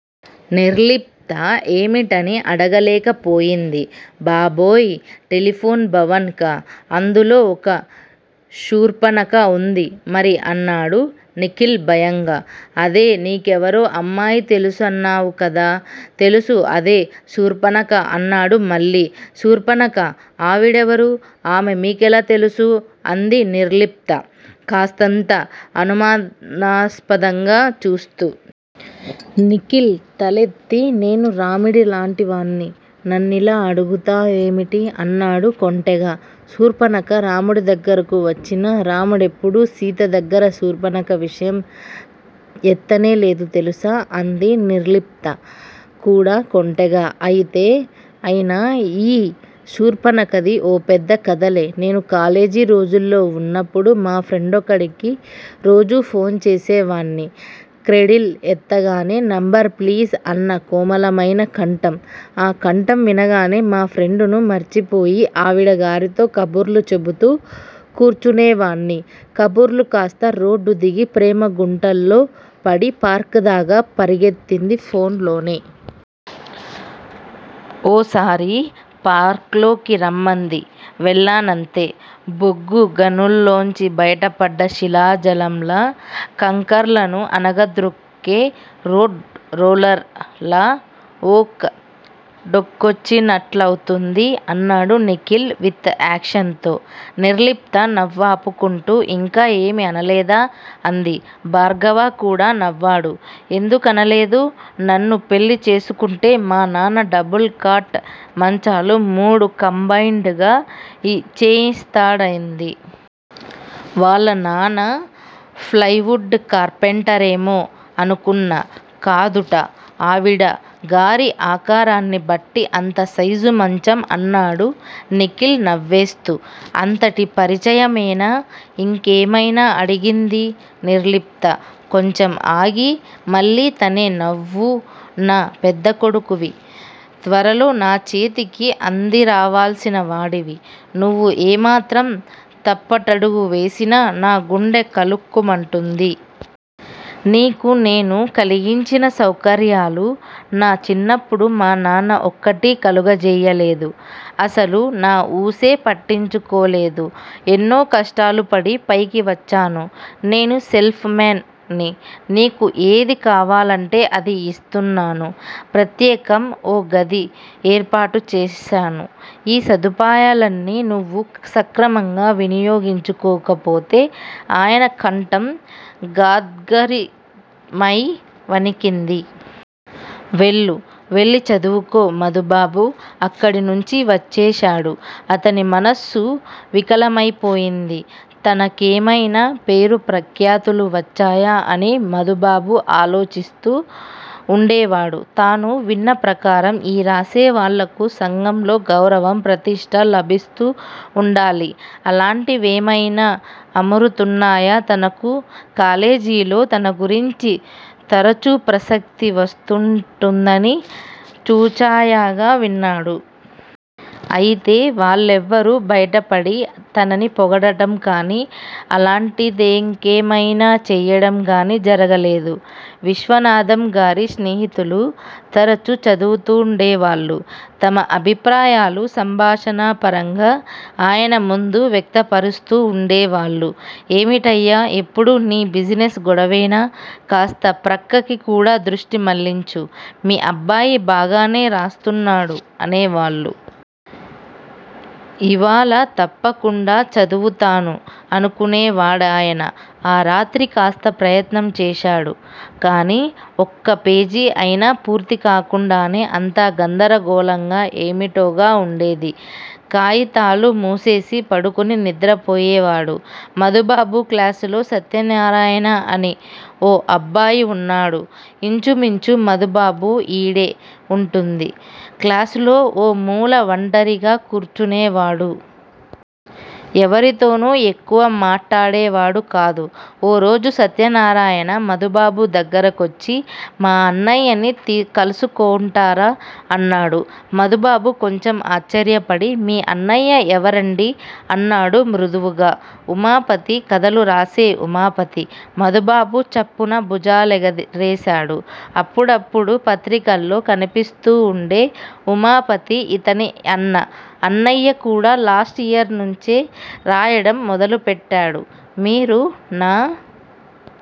నిర్లిప్త ఏమిటని అడగలేకపోయింది. బాబోయ్ టెలిఫోన్ భవన్ కా? అందులో ఒక శూర్పనక వుంటుంది మరి అన్నాడు నిఖిల్ భయంగా. అదే నీకెవరో అమ్మాయి తెలుసునన్నావ్ కదా! తెలుసు అదే శూర్పనఖ అన్నాడు మళ్ళీ. శూర్పనఖా ఆవిడెవరు? ఆమె మీకెలా తెలుసు? అంది నిర్లిప్త కాస్తంత అనుమానాస్పదంగా చూస్తూ. నిఖిల్ తలెత్తి నేను రాముడి లాంటివాన్ని. నన్నలా అడుగుతా వేమిటి? అన్నాడు కొంటెగా. శూర్పనఖ రాముడి దగ్గరకు వచ్చినా రాముడెప్పుడూ సీత దగ్గర శూర్పణఖ విషయం ఎత్తనే లేదు తెలుసా? అంది నిర్లిప్త కూడా కొంటెగా. అయినా ఈ శూర్పనఖది ఓ పెద్ద కథలే! నేను కాలేజీ రోజుల్లో వున్నప్పుడు మా ఫ్రెండొకడికి రోజూ ఫోన్ చేసేవాడ్ని క్రెడిల్ ఎత్తగానే నంబర్ ప్లీజ్ అన్న కోమలమైన కంఠం ఆ కంఠం వినగానే మా ఫ్రెండును మర్చిపోయి ఆవిడగారితో కబుర్లు చెపుతూ కూర్చునేవాడ్ని కబుర్లు కాస్త రోడ్డు దిగి ప్రేమ గుంటల్లో పడి పార్క్ దాకా పరిగెత్తింది ఫోన్ లోనే. ఓసారి పార్క్లోకి రమ్మంది. వెళ్ళానంతే! బొగ్గు గనుల్లోంచి బయటపడ్డ శిలాజంలా కంకర్లను అణగద్రొక్కే రోడ్ రోలర్ లా 'ఓక్' డోకొచ్చినట్లవుతుంది అన్నాడు నిఖిల్ విత్ యాక్షన్ తో. నిర్లిప్త నవ్వాపుకుంటూ ఇంకా ఏమీ అనలేదా? అంది. భార్గవ కూడా నవ్వాడు. ఎందుకనలేదు. నన్ను పెళ్ళి చేసుకుంటే మా నాన్న డబుల్ కాట్ మంచాలు మూడు కంబైండ్ గా చేయించిస్తాడంది. వాళ్ళ నాన్న ఫ్లయివుడ్ కార్పెంటరేమో అనుకున్నా, కాదుట ఆవిడగారి ఆకారాన్నిబట్టి అంత సైజు మంచం అన్నాడు నిఖిల్ నవ్వేస్తూ. అంతటి పరిచయమేనా? ఇంకేమైనా అడిగింది నిర్లిప్త. కొంచెం ఆగి, మళ్ళీ తనే నువ్వు నా పెద్దకొడుకువి. త్వరలో నా చేతికి అందిరావాల్సిన వాడివి. నువ్వు ఏమాత్రం తప్పటడుగు వేసినా నా గుండె కళుక్కుమంటుంది. నీకు నేను కలిగించిన సౌకర్యాలు, నా చిన్నప్పుడు మా నాన్న ఒక్కటీ కలుగజెయ్యలేదు. అసలు నా ఊసే పట్టించుకోలేదు. ఎన్నో కష్టాలుపడి పైకి వచ్చాను. నేను సెల్ఫ్ మేన్ ని. నీకు ఏది కావాలంటే అది యిస్తున్నాను. ప్రత్యేకం ఓ గది ఏర్పాటుచేశాను. ఈ సదుపాయాలన్ని నువ్వు సక్రమంగా వినియోగించుకోకపోతే ఆయన కంఠం గాద్గదికమై వణికింది. వెళ్ళు. వెళ్ళి చదువుకో మధుబాబు అక్కడినుంచి వచ్చేశాడు. అతని మనస్సు వికలమైపోయింది. తన కేమైనా పేరుప్రఖ్యాతులు వచ్చాయా అని మధుబాబు ఆలోచిస్తూ వుండేవాడు. తాను విన్న ప్రకారం ఈ రాసేవాళ్ళకు సంఘంలో గౌరవం, ప్రతిష్ట లభిస్తూ వుండాలి. అలాంటివేమయినా అమురుతున్నాయా తనకు? కాలేజీలో తనగురించి తరుచు ప్రసక్తి వస్తూంటుందని చూచాయగా విన్నాడు. అయితే వాళ్ళెవరూ బయటపడి తనని పొగడటంకాని, అలాంటిదింకేమయినా చెయ్యటంకాని జరగలేదు. విశ్వనాథంగారి స్నేహితులు తరచు చదువుతూండేవాళ్లు. తమ అభిప్రాయాలు సంభాషణాపరంగా ఆయనముందు వ్యక్తపరుస్తూ వుండేవాళ్ళు ఏమిటయ్యా ఎప్పుడూ నీ బిజినెస్ గొడవేనా? కాస్త ప్రక్కకి కూడా దృష్టి మళ్ళించు. మీ అబ్బాయి బాగానే రాస్తున్నాడు అనేవాళ్ళు. ఇవాళ తప్పకుండా చదువుతాను అనుకునేవాడాయన. ఆ రాత్రి కాస్త ప్రయత్నం చేశాడు. కాని ఒక్కపేజి అయినా పూర్తికాకుండానే అంతా గందరగోళంగా, ఏమిటోగా వుండేది. కాయితాలు మూసేసి పడుకుని నిద్రపోయేవాడు. మధుబాబు క్లాసులో సత్యనారాయణ అని ఓ అబ్బాయి వున్నాడు. ఇంచుమించు మధుబాబు యీడే వుంటుంది. క్లాసులో ఓ మూల వంటరిగా కూర్చునే వాడు. ఎవరితోనూ ఎక్కువ మాట్టాడేవాడు కాదు. ఓ రోజు సత్యనారాయణ మధుబాబు దగ్గరకొచ్చి మా అన్నయ్యని కలుసుకుంటారా? అన్నాడు. మధుబాబు కొంచెం ఆశ్చర్యపడి మీ అన్నయ్య ఎవరండీ? అన్నాడు మృదువుగా. ఉమాపతి, కథలురాసే ఉమాపతి. మధుబాబు చప్పున భుజాలెగరేశాడు. అప్పుడప్పుడూ పత్రికల్లో కనిపిస్తూ వుండే ఉమాపతి యితని అన్నా? అన్నయ్యకూడా లాస్ట్ ఇయర్ నుంచే రాయటం మొదలుపెట్టాడు. మీరు నా